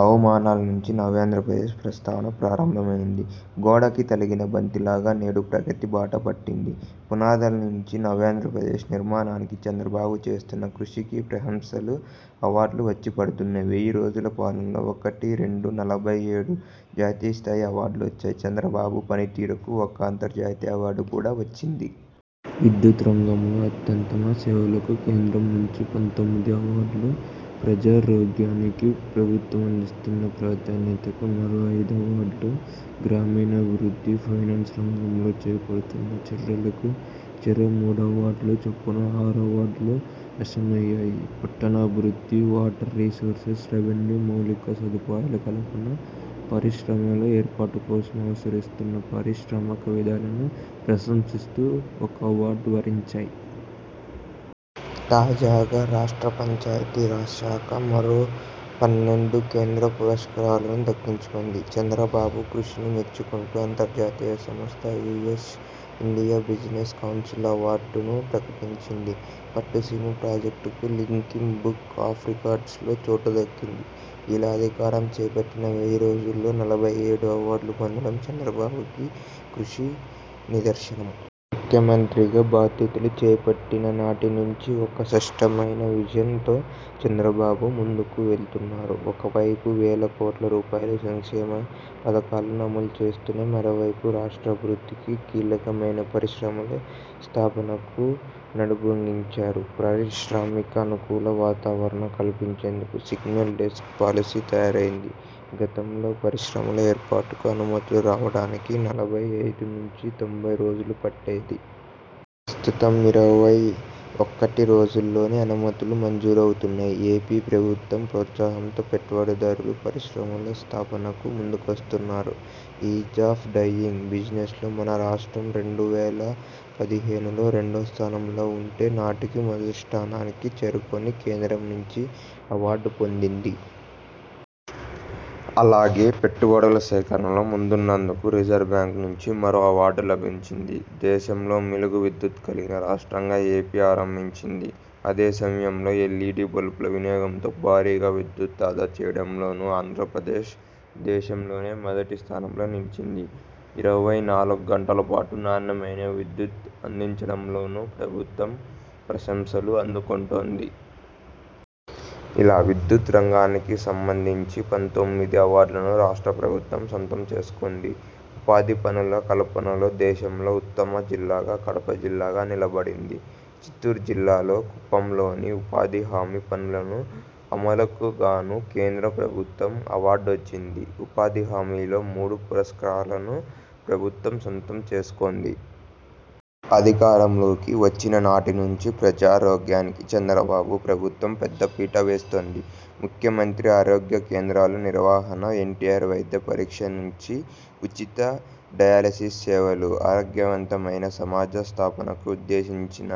అవమానాల నుంచి నవ్యాంధ్రప్రదేశ్ ప్రస్థానం ప్రారంభమైంది. గోడకి తలిగిన బంతిలాగా నేడు ప్రగతి బాట పట్టింది. పునాదుల నుంచి నవ్యాంధ్రప్రదేశ్ నిర్మాణానికి చంద్రబాబు చేస్తున్న కృషికి ప్రశంసలు, అవార్డులు వచ్చిపడుతున్నాయి. వెయ్యి రోజుల పాలనలో ఒకటి రెండా నలభై ఏడు జాతీయస్థాయి అవార్డులొచ్చాయి. చంద్రబాబు పనితీరుకు ఒక అంతర్జాతీయ అవార్డు కూడా వచ్చింది. విద్యుత్ రంగంలో అత్యుతమ సేవలకు కేంద్రం నుంచి పంతొమ్మిది అవార్డులు, ప్రజారోగ్యానికి ప్రభుత్వమిస్తున్న ప్రాధాన్యతకు మరో ఐదు అవార్డులు, గ్రామీణాభివృద్ధి, ఫైనాన్స్ రంగంలో చేపడుతున్న చర్యలకు చెరో మూడు అవార్డుల చొప్పున ఆరు అవార్డులూ వశమయ్యాయి. పట్టణాభివృద్ధి, వాటర్ రిసోర్స్, రెవెన్యూ, మౌలిక సదుపాయాల కల్పన, పరిశ్రమల ఏర్పాటు కోసం అనుసరిస్తున్న పారిశ్రామిక విధానాలను ప్రశంసిస్తూ ఒక్కో అవార్డు వరించాయి. తాజాగా రాష్ట్ర పంచాయతీ రాజ్ శాఖ మరో పన్నెండు కేంద్ర పురస్కారాలను దక్కించుకుంది. చంద్రబాబు కృషిని మెచ్చుకుంటూ అంతర్జాతీయ సంస్థ యూఎస్ ఇండియా బిజినెస్ కౌన్సిల్ అవార్డును ప్రకటించింది. పట్టిసీమ ప్రాజెక్టుకు లిమికి బుక్ ఆఫ్ రికార్డ్సులో చోటు దక్కింది. ఇలా అధికారం చేపట్టిన వెయ్యి రోజుల్లో నలభై ఏడు అవార్డులు పొందడం చంద్రబాబు కృషికి నిదర్శనం. ముఖ్యమంత్రిగా బాధ్యతల చేపట్టిన నాటినుంచి ఒక సష్టమైన విజన్తో చంద్రబాబు ముందుకు వెళుతున్నారు. ఒకవైపు వేలకోట్ల రూపాయల సంక్షేమ పథకాలను అమలు చేస్తూనే, మరోవైపు రాష్ట్రాభివృద్ధికి కీలకమైన పరిశ్రమల స్థాపనకు నడుంబుగించారు. పారిశ్రామిక అనుకూల వాతావరణ కల్పించేందుకు సింగిల్ డెస్క్ పాలసీ తయారైంది. గతంలో పరిశ్రమల ఏర్పాటుకు అనుమతులు రావడానికి నలభై ఐదు నుంచి తొంభై రోజులు పట్టేది. ప్రస్తుతం ఇరవై ఒకటి రోజుల్లోనే అనుమతులు మంజూరవుతున్నాయి. ఏపీ ప్రభుత్వ ప్రోత్సాహంతో పెట్టుబడిదారులు పరిశ్రమల స్థాపనకు ముందుకొస్తున్నారు. ఈజ్ ఆఫ్ డూయింగ్ బిజినెస్లో మన రాష్ట్రం రెండు వేల పదిహేనులో రెండో స్థానంలో ఉంటే, నాటికి మొదటి స్థానానికి చేరుకుని కేంద్రం నుంచి అవార్డు పొందింది. అలాగే, పెట్టుబడుల సేకరణలో ముందున్నందుకు రిజర్వు బ్యాంకు నుంచి మరో అవార్డు లభించింది. దేశంలో మిలుగు విద్యుత్ కలిగిన రాష్ట్రంగా ఏపీ ఆరంభించింది. అదే సమయంలో ఎల్ఈడీ బల్బుల వినియోగంతో భారీగా విద్యుత్ ఆదా చేయడంలోనూ ఆంధ్రప్రదేశ్ దేశంలోనే మొదటి స్థానంలో నిలిచించింది. ఇరవై నాలుగు గంటల పాటు నాణ్యమైన విద్యుత్తునందించడంలోనూ ప్రభుత్వం ప్రశంసలు అందుకుంటోంది. ఇలా విద్యుత్ రంగానికి సంబంధించి పంతొమ్మిది అవార్డులను రాష్ట్ర ప్రభుత్వం సొంతం చేసుకుంది. ఉపాధి పనుల కల్పనలో దేశంలో ఉత్తమ జిల్లాగా కడప జిల్లా నిలబడింది. చిత్తూరు జిల్లా కుప్పంలోనూ ఉపాధి హామీ పనుల అమలుకుగాను కేంద్ర ప్రభుత్వ అవార్డు వచ్చింది. ఉపాధి హామీలో మూడు పురస్కారాలను ప్రభుత్వం సొంతం చేసుకుంది. అధికారంలోకి వచ్చిన నాటి నుంచి ప్రజారోగ్యానికి చంద్రబాబు ప్రభుత్వం పెద్ద పీట వేస్తోంది. ముఖ్యమంత్రి ఆరోగ్య కేంద్రాల నిర్వహణ, ఎన్టీఆర్ వైద్య పరీక్ష నుంచి ఉచిత డయాలసిస్ సేవలు, ఆరోగ్యవంతమైన సమాజ స్థాపనకు ఉద్దేశించిన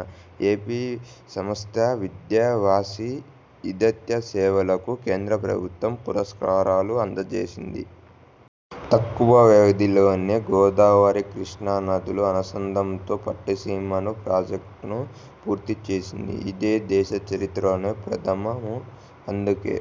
ఏపీ స్వాస్థ్య విద్యా వాసిని ఇత్యాది సేవలకు కేంద్ర ప్రభుత్వం పురస్కారాలు అందజేసింది. తక్కువ వ్యవధిలోనే గోదావరి, కృష్ణా నదుల అనుసంధానంతో పట్టిసీమ ప్రాజెక్టును పూర్తి చేసింది. ఇది దేశ చరిత్రలోనే ప్రథమం. అందుకే